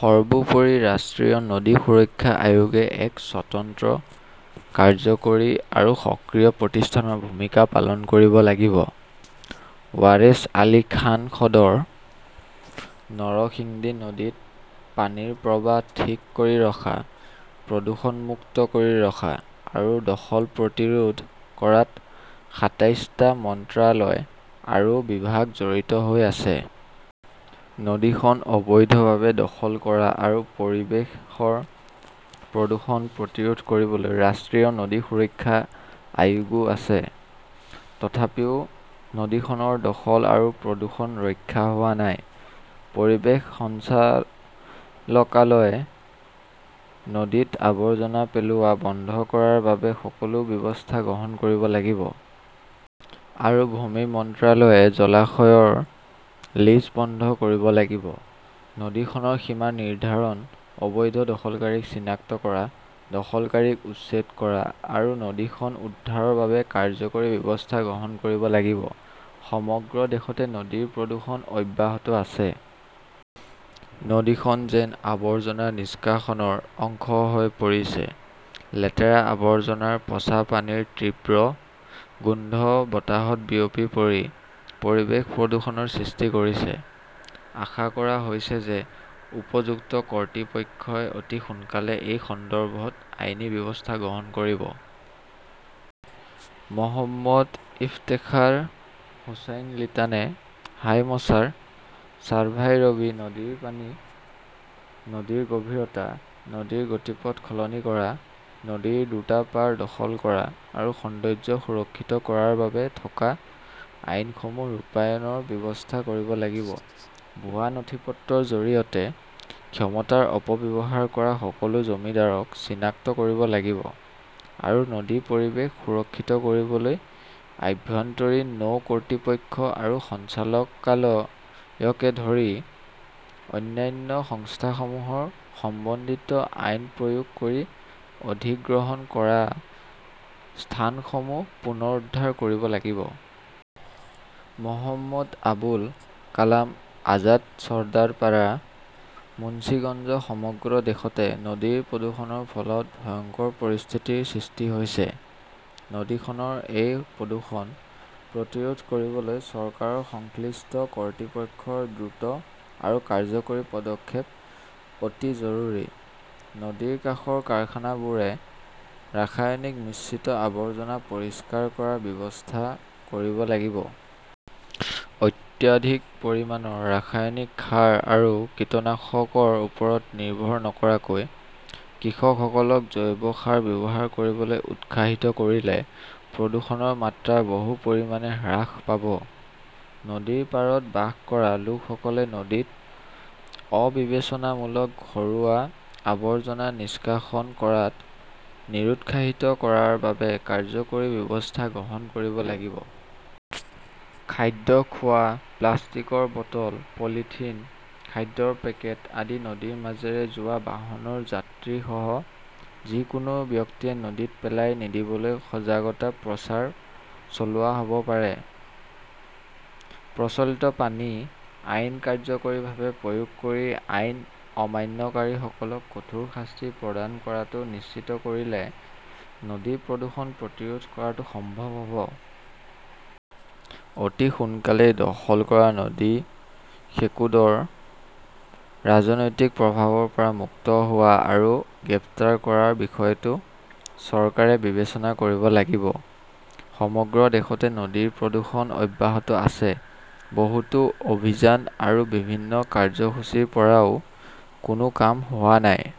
সৰ্বোপৰি, ৰাষ্ট্ৰীয় নদী সুৰক্ষা আয়োগে এক স্বতন্ত্ৰ, কাৰ্যকৰী আৰু সক্ৰিয় প্ৰতিষ্ঠানৰ ভূমিকা পালন কৰিব লাগিব। ৱাৰেছ আলী খান সদৰ, নৰসিংডী নদীত পানীৰ প্ৰৱাহ ঠিক কৰি ৰখা, প্ৰদূষণমুক্ত কৰি ৰখা আৰু দখল প্ৰতিৰোধ কৰাত সাতাইছটা মন্ত্ৰালয় আৰু বিভাগ জড়িত হৈ আছে। নদীখন অবৈধভাৱে দখল কৰা আৰু পৰিৱেশৰ প্ৰদূষণ প্ৰতিৰোধ কৰিবলৈ ৰাষ্ট্ৰীয় নদী সুৰক্ষা আয়োগও আছে। তথাপিও নদীখনৰ দখল আৰু প্ৰদূষণ ৰক্ষা হোৱা নাই। পৰিৱেশ সঞ্চালকালয়ই নদীত আৱৰ্জনা পেলোৱা বন্ধ কৰাৰ বাবে সকলো ব্যৱস্থা গ্ৰহণ কৰিব লাগিব। আৰু ভূমি মন্ত্ৰালয়ে জলাশয়ৰ লিজ বন্ধ কৰিব লাগিব। নদীখনৰ সীমা নিৰ্ধাৰণ, অবৈধ দখলকাৰীক চিনাক্ত কৰা, দখলকাৰীক উচ্ছেদ কৰা আৰু নদীখন উদ্ধাৰৰ বাবে কাৰ্যকৰী ব্যৱস্থা গ্ৰহণ কৰিব লাগিব। সমগ্ৰ দেশতে নদীৰ প্ৰদূষণ অব্যাহত আছে। নদীখন যেন আবৰ্জনা নিষ্কাশনৰ অংশ হৈ পৰিছে। লেতেৰা আৱৰ্জনাৰ পচা পানীৰ তীব্ৰ গোন্ধ বতাহত বিয়পি পৰি পৰিৱেশ প্ৰদূষণৰ সৃষ্টি কৰিছে। আশা কৰা হৈছে যে উপযুক্ত কৰ্তৃপক্ষই অতি সোনকালেই এই সন্দৰ্ভত আইনী ব্যৱস্থা গ্ৰহণ কৰিব। মহম্মদ ইফতেখাৰ হোছাইন লিটানে হাইমচাৰ, চাৰভাইৰবী নদীৰ পানী, নদীৰ গভীৰতা, নদীৰ গতিপথ সলনি কৰা, নদীৰ দুটা পাৰ দখল কৰা আৰু সৌন্দৰ্য সুৰক্ষিত কৰাৰ বাবে থকা আইনসমূহ ৰূপায়ণৰ ব্যৱস্থা কৰিব লাগিব। ভুৱা নথিপত্ৰৰ জৰিয়তে ক্ষমতাৰ অপব্যৱহাৰ কৰা সকলো জমিদাৰক চিনাক্ত কৰিব লাগিব আৰু নদীৰ পৰিৱেশ সুৰক্ষিত কৰিবলৈ আভ্যন্তৰীণ নৌ কৰ্তৃপক্ষ আৰু সঞ্চালকালয়কে ধৰি অন্যান্য সংস্থাসমূহৰ সমন্বিত আইন প্ৰয়োগ কৰি অধিগ্ৰহণ কৰা স্থানসমূহ পুনৰুদ্ধাৰ কৰিব লাগিব। মহম্মদ আবুল কালাম আজাদ চৰ্দাৰপাৰা, মুঞ্চিগঞ্জ সমগ্ৰ দেশতে নদীৰ প্ৰদূষণৰ ফলত ভয়ংকৰ পৰিস্থিতিৰ সৃষ্টি হৈছে। নদীখনৰ এই প্ৰদূষণ প্ৰতিৰোধ কৰিবলৈ চৰকাৰৰ সংশ্লিষ্ট কৰ্তৃপক্ষৰ দ্ৰুত আৰু কাৰ্যকৰী পদক্ষেপ অতি জৰুৰী। নদীৰ কাষৰ কাৰখানাবোৰে ৰাসায়নিক মিশ্ৰিত আৱৰ্জনা পৰিষ্কাৰ কৰাৰ ব্যৱস্থা কৰিব লাগিব। অত্যধিক পৰিমাণৰ ৰাসায়নিক সাৰ আৰু কীটনাশকৰ ওপৰত নিৰ্ভৰ নকৰাকৈ কৃষকসকলক জৈৱ সাৰ ব্যৱহাৰ কৰিবলৈ উৎসাহিত কৰিলে প্ৰদূষণৰ মাত্ৰা বহু পৰিমাণে হ্ৰাস পাব। নদীৰ পাৰত বাস কৰা লোকসকলে নদীত অবিবেচনামূলক ঘৰুৱা আৱৰ্জনা নিষ্কাশন কৰাত নিৰুৎসাহিত কৰাৰ বাবে কাৰ্যকৰী ব্যৱস্থা গ্ৰহণ কৰিব লাগিব। খাদ্য খোৱা, প্লাষ্টিকৰ বটল, পলিথিন, খাদ্যৰ পেকেট আদি নদীৰ মাজেৰে যোৱা বাহনৰ যাত্ৰীসহ যিকোনো ব্যক্তিয়ে নদীত পেলাই নিদিবলৈ সজাগতা প্ৰচাৰ চলোৱা হ'ব পাৰে। প্ৰচলিত পানী আইন কাৰ্যকৰীভাৱে প্ৰয়োগ কৰি আইন অমান্যকাৰীসকলক কঠোৰ শাস্তি প্ৰদান কৰাটো নিশ্চিত কৰিলে নদী প্ৰদূষণ প্ৰতিৰোধ কৰাটো সম্ভৱ হ 'ব। অতি সোনকালেই, দখল কৰা নদীখেকোডৰ ৰাজনৈতিক প্ৰভাৱৰ পৰা মুক্ত হোৱা আৰু গ্ৰেপ্তাৰ কৰাৰ বিষয়টো চৰকাৰে বিবেচনা কৰিব লাগিব। সমগ্ৰ দেশতে নদীৰ প্ৰদূষণ অব্যাহত আছে। বহুতো অভিযান আৰু বিভিন্ন কাৰ্যসূচীৰ পৰাও কোনো কাম হোৱা নাই।